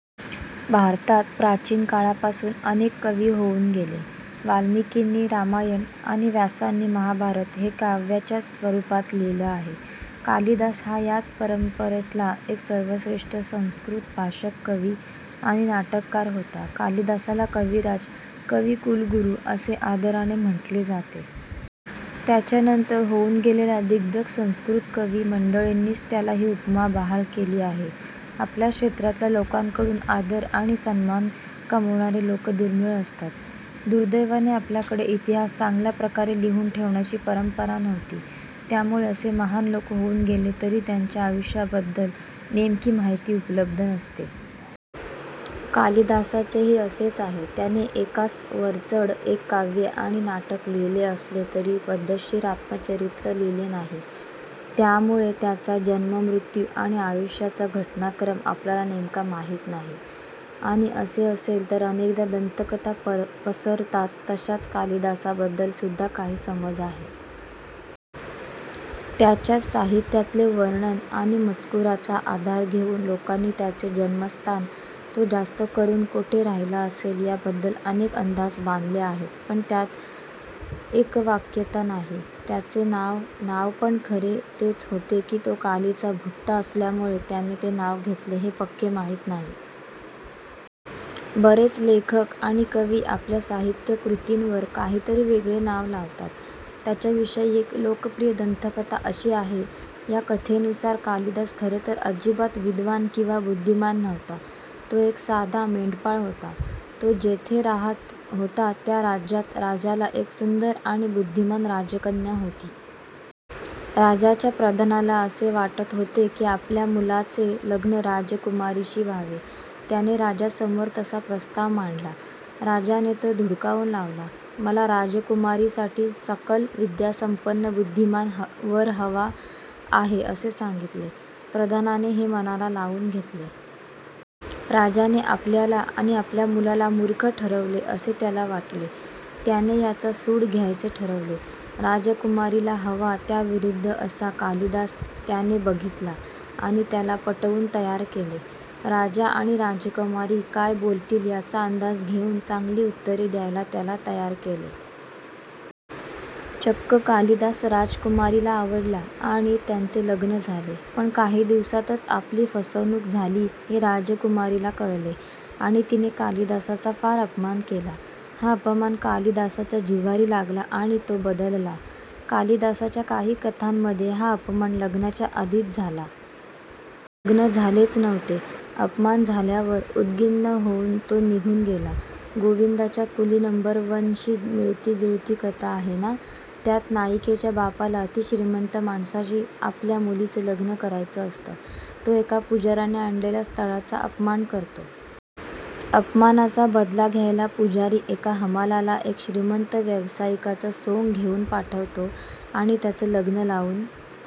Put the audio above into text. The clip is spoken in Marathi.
भारतात प्राचीन काळापासून अनेक कवी होऊन गेले. वाल्मिकींनी रामायण आणि व्यासांनी महाभारत हे काव्याच्याच स्वरूपात लिहिलं आहे. कालिदास हा याच परंपरेतला एक सर्वश्रेष्ठ संस्कृत भाषक कवी आणि नाटककार होता. कालिदासाला कविराज, कविकुलगुरू असे आदराने म्हटले जाते. त्याच्यानंतर होऊन गेलेल्या दिग्गज संस्कृत कवी मंडळींनीच त्याला हि उपमा बहाल केली आहे. आपल्याच क्षेत्रातल्या लोकांकडून आदर आणि सन्मान कमावणारे लोक दुर्मिळ असतात. दुर्दैवाने आपल्याकडे इतिहास चांगल्याप्रकारे लिहून ठेवण्याची परंपरा नव्हती. त्यामुळे असे महान लोक होऊन गेले तरी त्यांच्या आयुष्याबद्दल नेमकी माहिती उपलब्ध नसते. कालिदासाचेही असेच आहे. त्याने एकास वरचढ एक काव्ये आणि नाटक लिहिले असले तरी पद्धतशीर आत्मचरित्र लिहिले नाही. त्यामुळे त्याचा जन्म मृत्यू आणि आयुष्याचा घटनाक्रम आपल्याला नेमका माहित नाही आणि असे असेल तर अनेक दंतकथा पसरतात तशाच कालिदासाबद्दल सुद्धा काही समज आहेत. त्याच्याच साहित्यातले वर्णन आणि मजकुराचा आधार घेऊन लोकांनी त्याचे जन्मस्थान, तो जास्त करून कुठे राहिला असेल याबद्दल अनेक अंदाज बांधले आहेत पण त्यात एकवाक्यता नाही. त्याचे नाव पण खरे तेच होते कि तो कालीचा भक्त असल्यामुळे त्याने ते नाव घेतले हे पक्के माहित नाही. बरेच लेखक आणि कवी आपल्या साहित्यकृतींवर काहीतरी वेगळे नाव लावतात. त्याच्याविषयी एक लोकप्रिय दंतकथा अशी आहे. या कथेनुसार कालिदास खरं तर अजिबात विद्वान किंवा बुद्धिमान नव्हता. तो एक साधा मेंढपाळ होता. तो जिथे राहत होता त्या राज्यात राजाला एक सुंदर आणि बुद्धिमान राजकन्या होती. राजाच्या प्रधानाला असे वाटत होते कि आपल्या मुलाचे लग्न राजकुमारीशी व्हावे. त्याने राजासमोर तसा प्रस्ताव मांडला. राजाने तो धुडकावुन लावला. मला राजकुमारीसाठी सकल विद्यासंपन्न बुद्धिमान वर हवा आहे असे सांगितले. प्रधानाने हे मनाला लावुन घेतले. राजाने आपल्याला आणि आपल्या मुलाला मूर्ख ठरवले असे त्याला वाटले. त्याने याचा सूड घ्यायचे ठरवले. राजकुमारिला हवा त्याविरुद्ध असा कालिदास त्याने बघितला आणि त्याला पढवुन तयार केले. राजा आणि राजकुमारी काय बोलतील याचा अंदाज घेऊन चांगली उत्तरे द्यायला त्याला तयार केले. चक्क कालिदास राजकुमारिला आवडला आणि त्यांचे लग्न झाले. पण काही दिवसातच आपली फसवणुक झाली हे राजकुमारीला कळले आणि तिने कालिदासाचा फार अपमान केला. हा अपमान कालिदासाच्या जिव्हारी लागला आणि तो बदलला. कालिदासाच्या काही कथांमध्ये हा अपमान लग्नाच्या आधीच झाला. लग्न झालेच नव्हते. अपमान झाल्यावर उद्विग्न होऊन तो निघुन गेला. गोविंदाच्या कुली नंबर वन शी मिळतीजुळती कथा आहे ना? त्यात नायिकेच्या बापाला अतिश्रीमंत माणसाशी आपल्या मुलीचं लग्न करायचं असतं. तो एका पुजाऱ्याने आणलेल्या स्थळाचा अपमान करतो. अपमानाचा बदला घ्यायला पुजारी एका हमालाला एक श्रीमंत व्यावसायिकाचं सोंग घेऊन पाठवतो आणि त्यांचं लग्न लावुन